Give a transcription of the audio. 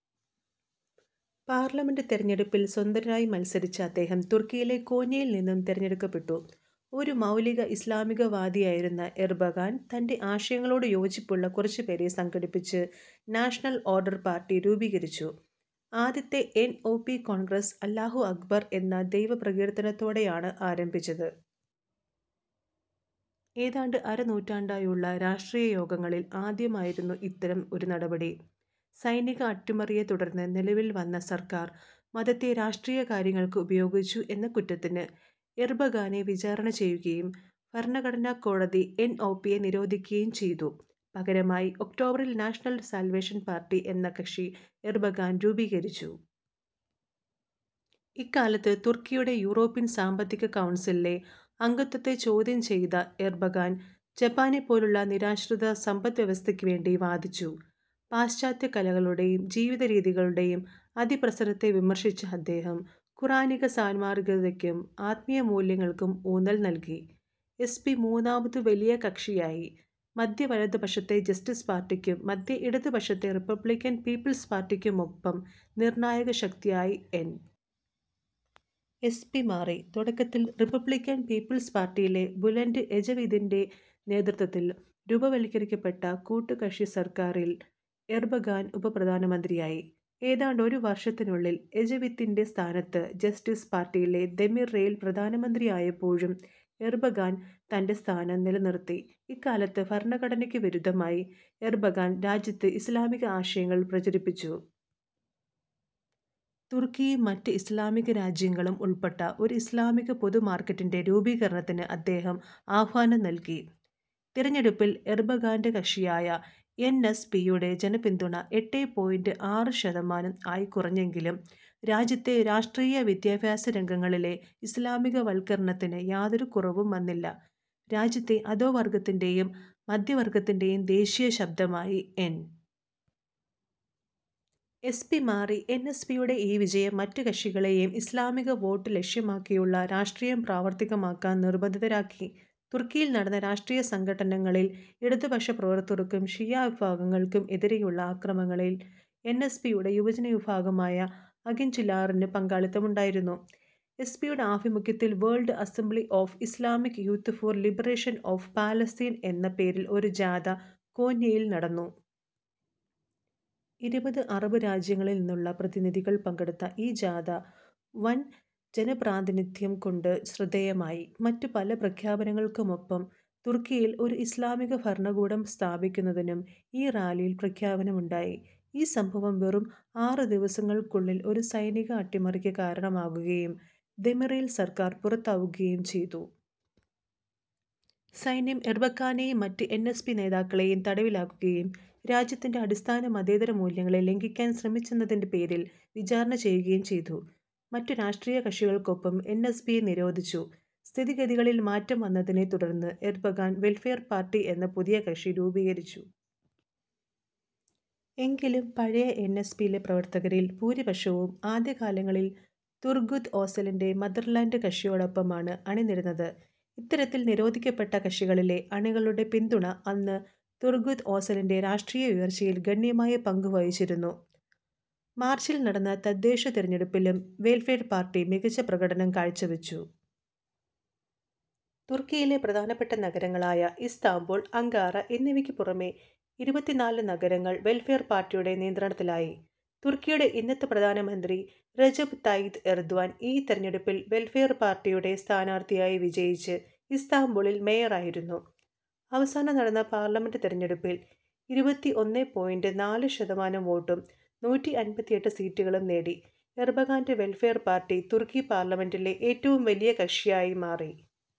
Parliament തിരഞ്ഞെടുപ്പിൽ സ്വതന്ത്രനായി മത്സരിച്ച അദ്ദേഹം, തുർക്കിയിലെ കോന്യയിൽ നിന്നും തിരഞ്ഞെടുക്കപ്പെട്ടു. ഒരു മൗലിക ഇസ്ലാമികവാദിയായിരുന്ന എർബകാൻ, തൻ്റെ ആശയങ്ങളോട് യോജിപ്പുള്ള കുറച്ചുപേരെ സംഘടിപ്പിച്ച് നാഷണൽ ഓർഡർ പാർട്ടി രൂപീകരിച്ചു. ആദ്യത്തെ എൻ. ഒ. പി. കോൺഗ്രസ്, അല്ലാഹു അക്ബർ എന്ന ദൈവ പ്രകീർത്തനത്തോടെയാണ് ആരംഭിച്ചത്. ഏതാണ്ട് അര നൂറ്റാണ്ടായുള്ള രാഷ്ട്രീയയോഗങ്ങളിൽ ആദ്യമായിരുന്നു ഇത്തരം ഒരു നടപടി. സൈനിക അട്ടിമറിയെത്തുടർന്ന് നിലവിൽ വന്ന സർക്കാർ, മതത്തെ രാഷ്ട്രീയകാര്യങ്ങൾക്ക് ഉപയോഗിച്ചു എന്ന കുറ്റത്തിന്, എർബകാനെ വിചാരണ ചെയ്യുകയും ഭരണഘടനാകോടതി എൻ. ഒ. പിയെ നിരോധിക്കുകയും ചെയ്തു. പകരമായി ഒക്ടോബറിൽ നാഷണൽ സാൽവേഷൻ പാർട്ടി എന്ന കക്ഷി എർബകാൻ രൂപീകരിച്ചു. ഇക്കാലത്ത് തുർക്കിയുടെ യൂറോപ്യൻ സാമ്പത്തിക കൗൺസിലിലെ അംഗത്വത്തെ ചോദ്യം ചെയ്ത എർബകാൻ, ജപ്പാനെപ്പോലുള്ള നിരാശ്രിത സമ്പദ് വ്യവസ്ഥക്ക് വേണ്ടി വാദിച്ചു. പാശ്ചാത്യകലകളുടേയും ജീവിതരീതികളുടേയും അതിപ്രസരത്തെ വിമർശിച്ച അദ്ദേഹം ഖുർആനിക സാന്മാർഗികതക്കും ആത്മീയമൂല്യങ്ങൾക്കും ഊന്നൽ നൽകി. എസ്. പി. മൂന്നാമത് വലിയ കക്ഷിയായി. മദ്ധ്യവലതുപക്ഷത്തെ ജസ്റ്റിസ് പാർട്ടിക്കും മദ്ധ്യഇടതുപക്ഷത്തെ റിപ്പബ്ലിക്കൻ പീപ്പിൾസ് പാർട്ടിക്കുമൊപ്പം നിർണായകശക്തിയായി എൻ. എസ്. പി. മാറി. തുടക്കത്തിൽ റിപ്പബ്ലിക്കൻ പീപ്പിൾസ് പാർട്ടിയിലെ ബുലൻ്റ് എജവിതിൻ്റെ നേതൃത്വത്തിൽ രൂപവത്കരിക്കപ്പെട്ട കൂട്ടുകക്ഷിസർക്കാറീൽ എർബകാൻ ഉപപ്രധാനമന്ത്രിയായി. ഏതാണ്ടൊരുവർഷത്തിനുള്ളിൽ എജവിത്തിന്റെ സ്ഥാനത്ത് ജസ്റ്റിസ് പാർട്ടിയിലെ ദെമിറേൽ പ്രധാനമന്ത്രിയായപ്പോഴും എർബകാൻ തൻ്റെ സ്ഥാനം നിലനിർത്തി. ഇക്കാലത്ത്, ഭരണഘടനക്ക് വിരുദ്ധമായി എർബകാൻ രാജ്യത്ത് ഇസ്ലാമിക അശയങ്ങൾ പ്രചരിപ്പിച്ചു. തുർക്കിയും മറ്റു ഇസ്ലാമികരാജ്യങ്ങളും ഉൾപ്പെട്ട ഒരു ഇസ്ലാമിക പൊതുമാർക്കറ്റിൻ്റെ രൂപീകരണത്തിന് അദ്ദേഹം ആഹ്വാനം നൽകി. തിരഞ്ഞെടുപ്പിൽ എർബകാൻ്റെ കക്ഷിയായ എൻ. എസ്. പിയുടെ ജനപിന്തുണ എട്ടേ പോയിൻ്റ് ആറ് ശതമാനം ആയിക്കുറഞ്ഞെങ്കിലും രാജ്യത്തെ രാഷ്ട്രീയ വിദ്യാഭ്യാസരംഗങ്ങളിലെ ഇസ്ലാമികവൽക്കരണത്തിന് യാതൊരു കുറവും വന്നില്ല. രാജ്യത്തെ അധോവർഗ്ഗത്തിൻ്റേയും മദ്ധ്യവർഗ്ഗത്തിൻ്റേയും ദേശീയശബ്ദമായി എൻ. എസ്. പി. മാറി. എൻ. എസ്. പിയുടെ ഈ വിജയം മറ്റു കക്ഷികളേയും ഇസ്ലാമികവോട്ട് ലക്ഷ്യമാക്കിയുള്ള രാഷ്ട്രീയം പ്രാവർത്തികമാക്കാൻ നിർബന്ധിതരാക്കി. തുർക്കിയിൽ നടന്ന രാഷ്ട്രീയസംഘട്ടനങ്ങളിൽ, ഇടതുപക്ഷപ്രവർത്തകർക്കും ഷിയാവിഫാഗങ്ങൾക്കും എതിരെയുള്ള അക്രമങ്ങളിൽ എൻ. എസ്. പിയുടെ യുവജനവിഫാഗമായ അകിൻജിലാറിന് പങ്കാളിത്തമുണ്ടായിരുന്നു. എസ്. പിയുടെ ആഫിമുഖ്യത്തിൽ World Assembly of Islamic Youth for Liberation of Palestine എന്ന പേരിൽ ഒരു ജാഥ കോന്യയിൽ നടന്നു. ഇരുപത് അറബ് രാജ്യങ്ങളിൽ നിന്നുള്ള പ്രതിനിധികൾ പങ്കെടുത്ത ഈ ജാഥ, വൻ ജനപ്രാതിനിധ്യം കൊണ്ട് ശ്രദ്ധേയമായി. മറ്റു പല പ്രഖ്യാപനങ്ങൾക്കുമൊപ്പം, തുർക്കിയിൽ ഒരു ഇസ്ലാമികഫരണകൂടം സ്ഥാപിക്കുന്നതിനും ഈ റാലിയിൽ പ്രഖ്യാപനമുണ്ടായി. ഈ സംഭവം വെറും ആറു ദിവസങ്ങൾക്കുള്ളിൽ ഒരു സൈനിക അട്ടിമറിക്ക് കാരണമാകുകയും ദെമിറേൽ സർക്കാർ പുറത്താവുകയും ചെയ്തു. സൈന്യം എർബക്കാനേയും മറ്റു എൻ. എസ്. പി. നേതാക്കളേയും തടവിലാക്കുകയും രാജ്യത്തിൻ്റെ അടിസ്ഥാന മതേതരമൂല്യങ്ങളെ ലംഘിക്കാൻ ശ്രമിച്ചെന്നതിൻ്റെ പേരിൽ വിചാരണ ചെയ്യുകയും ചെയ്തു. മറ്റു രാഷ്ട്രീയകക്ഷികൾക്കൊപ്പം എൻ. എസ്. പിയെ നിരോധിച്ചു. സ്ഥിതിഗതികളിൽ മാറ്റം വന്നതിനെത്തുടർന്ന് എർബകാൻ വെൽഫെയർ പാർട്ടി എന്ന പുതിയ കക്ഷി രൂപീകരിച്ചു. എങ്കിലും പഴയ എൻ. എസ്. പിയിലെ പ്രവർത്തകരിൽ ഭൂരിപക്ഷവും, ആദ്യകാലങ്ങളിൽ തുർഗുത് ഓസലിൻ്റെ മദർലാൻഡ് കക്ഷിയോടൊപ്പമാണ് അണിനിരന്നത്. ഇത്തരത്തിൽ നിരോധിക്കപ്പെട്ട കക്ഷികളിലെ അണികളുടെ പിന്തുണ, അന്ന് തുർഗുത് ഓസലിൻ്റെ രാഷ്ട്രീയ ഉയർച്ചയിൽ ഗണ്യമായ പങ്കുവഹിച്ചിരുന്നു. മാർച്ചിൽ നടന്ന തദ്ദേശതിരഞ്ഞെടുപ്പിലും വെൽഫെയർ പാർട്ടി മികച്ചപ്രകടനം കാഴ്ച വച്ചു. തുർക്കിയിലെ പ്രധാനപ്പെട്ട നഗരങ്ങളായ ഇസ്താംബൂൾ, അങ്കാറ എന്നിവക്കു പുറമേ ഇരുപത്തിനാല് നഗരങ്ങൾ വെൽഫെയർ പാർട്ടിയുടെ നിയന്ത്രണത്തിലായി. തുർക്കിയുടെ ഇന്നത്തെ പ്രധാനമന്ത്രി, റെജെപ് തയിപ് എർദ്വാൻ, ഈ തിരഞ്ഞെടുപ്പിൽ വെൽഫെയർ പാർട്ടിയുടെ സ്ഥാനാർത്ഥിയായി വിജയിച്ച് ഇസ്താംബൂളിൽ മേയറായിരുന്നു. അവസാനം നടന്ന പാർലമെൻ്റ് തിരഞ്ഞെടുപ്പിൽ ഇരുപത്തി ഒന്നേ പോയിൻ്റ് നാല് ശതമാനം വോട്ടും, നൂറ്റി അൻപത്തി എട്ട് സീറ്റുകളും നേടി, എർബകാൻ്റെ വെൽഫെയർ പാർട്ടി, തുർക്കി പാർലമെൻ്റിലെ ഏറ്റവും വലിയ കക്ഷിയായി മാറി.